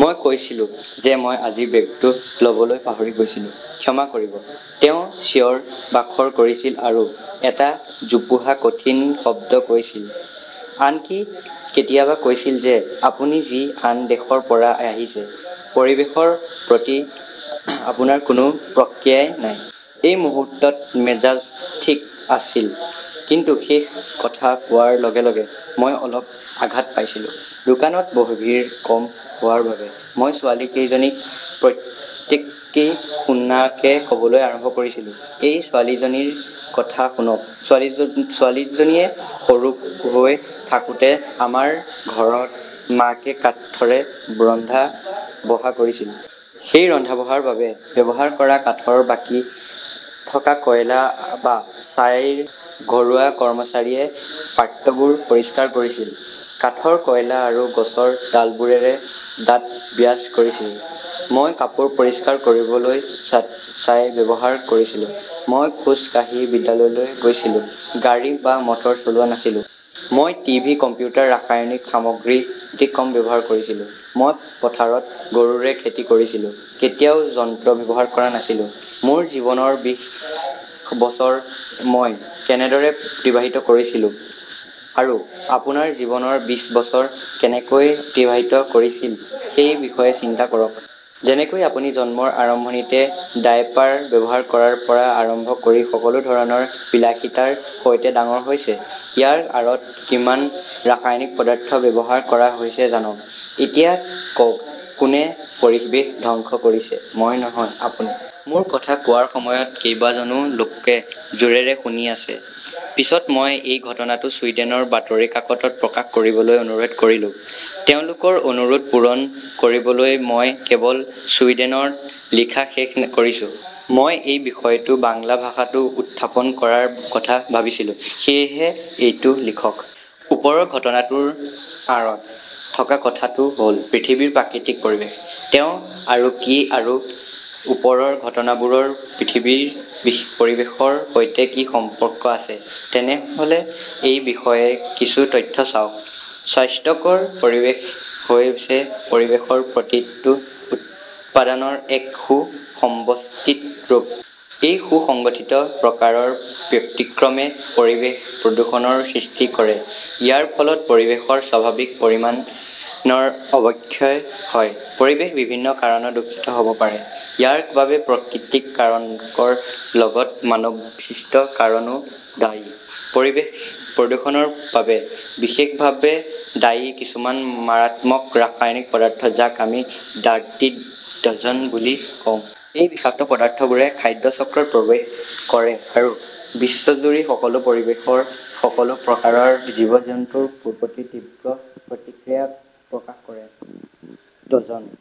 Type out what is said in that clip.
মই কৈছিলো যে মই আজি বেগটো লবলৈ পাহৰি গৈছিলো, ক্ষমা কৰিব। তেওঁ চিঞৰ-বাখৰ কৰিছিল আৰু এটা জোপোহা কঠিন শব্দ কৰিছিল। আনকি কেতিয়াবা কৈছিল যে আপুনি যি আন দেশৰ পৰা আহিছে, পৰিৱেশৰ প্ৰতি আপোনাৰ কোনো প্ৰক্ৰিয়া নাই। এই মুহূৰ্তত মেজাজ ঠিক আছিল কিন্তু শেষ কথা কোৱাৰ লগে লগে মই অলপ আঘাত পাইছিলো। দোকানত বহু ভিৰ কম হোৱাৰ বাবে মই ছোৱালীকেইজনীক প্ৰত্যেকেই শুনাকে কবলৈ আৰম্ভ কৰিলো। এই ছোৱালীজনীৰ কথা শুনক, ছোৱালীজনী সৰু হৈ থাকোতে আমাৰ ঘৰত মাকে কাঠৰে ৰন্ধা-বঢ়া কৰিছিল। সেই ৰন্ধা-বঢ়াৰ বাবে ব্যৱহাৰ কৰা কাঠৰ বাকী থকা কয়লা বা ছাইৰে ঘৰুৱা কৰ্মচাৰীয়ে পাত্ৰবোৰ পৰিষ্কাৰ কৰিছিল। কাঠৰ কয়লা আৰু গছৰ ডালবোৰেৰে দাঁত ব্ৰাছ কৰিছো। মই কাপোৰ পৰিষ্কাৰ কৰিবলৈ ছাই ব্যৱহাৰ কৰিছিলো। মই খোজ কাঢ়ি বিদ্যালয়লৈ গৈছিলো, গাড়ী বা মটৰ চলোৱা নাছিলো। মই টি.ভি., কম্পিউটাৰ, ৰাসায়নিক সামগ্ৰীৰ অতি কম ব্যৱহাৰ কৰিছিলো। মই পথাৰত গৰুৰে খেতি কৰিছিলো, কেতিয়াও যন্ত্ৰ ব্যৱহাৰ কৰা নাছিলো। মোৰ জীৱনৰ বিশ বছৰ মই কেনেদৰে অতিবাহিত কৰিছিলো আৰু আপোনাৰ জীৱনৰ বিশ বছৰ কেনেকৈ অতিবাহিত কৰিছিল সেই বিষয়ে চিন্তা কৰক। যেনেকৈ আপুনি জন্মৰ আৰম্ভণিতে ডায়েপাৰ ব্যৱহাৰ কৰাৰ পৰা আৰম্ভ কৰি সকলো ধৰণৰ বিলাসিতাৰ সৈতে ডাঙৰ হৈছে। ইয়াৰ আঁৰত কিমান ৰাসায়নিক পদাৰ্থ ব্যৱহাৰ কৰা হৈছিল জানক? এতিয়া কওক কোনে পৰিৱেশ ধ্বংস কৰিছে, মই নহয় আপুনি? মোৰ কথা কোৱাৰ সময়ত কেইবাজনো লোক জোৰেৰে শুনি আছে। পিছত মই এই ঘটনাটো ছুইডেনৰ বাতৰি কাকতত প্ৰকাশ কৰিবলৈ অনুৰোধ কৰিলো। তেওঁলোকৰ অনুৰোধ পূৰণ কৰিবলৈ মই কেৱল ছুইডেনত লিখা শেষ কৰিছো। মই এই বিষয়টো বাংলা ভাষাতো উত্থাপন কৰাৰ কথা ভাবিছিলো, সেয়েহে এইটো লিখক। ওপৰৰ ঘটনাটোৰ আঁৰত থকা কথাটো হ'ল পৃথিৱীৰ প্ৰাকৃতিক পৰিৱেশ। তেওঁ আৰু কি আৰু ওপৰৰ ঘটনাবোৰৰ পৃথিৱীৰ পৰিৱেশৰ সৈতে কি সম্পৰ্ক আছে? তেনেহ'লে এই বিষয়ে কিছু তথ্য চাওক। স্বাস্থ্যকৰ পৰিৱেশ হৈছে পৰিৱেশৰ প্ৰতিটো উপাদানৰ এক সু-সম্বস্তিত ৰূপ। এই সুসংগঠিত প্ৰকাৰৰ ব্যতিক্ৰমে পৰিৱেশ প্ৰদূষণৰ সৃষ্টি কৰে। ইয়াৰ ফলত পৰিৱেশৰ স্বাভাৱিক পৰিমাণৰ অৱক্ষয় হয়। পৰিৱেশ বিভিন্ন কাৰণত দূষিত হ'ব পাৰে। ইয়াৰ বাবে প্ৰাকৃতিক কাৰকৰ লগতে মানৱসৃষ্ট কাৰণো দায়ী। পৰিৱেশ প্ৰদূষণৰ বাবে বিশেষভাৱে দায়ী কিছুমান মাৰাত্মক ৰাসায়নিক পদাৰ্থ যাক আমি "ডাৰ্টি ডজন" বুলি কওঁ। এই বিষাক্ত পদাৰ্থবোৰে খাদ্য চক্ৰত প্ৰৱেশ কৰে আৰু বিশ্বজুৰি সকলো পৰিৱেশৰ সকলো প্ৰকাৰৰ জীৱ-জন্তুৰ প্ৰতি তীব্ৰ প্ৰতিক্ৰিয়া প্ৰকাশ কৰে। ডজন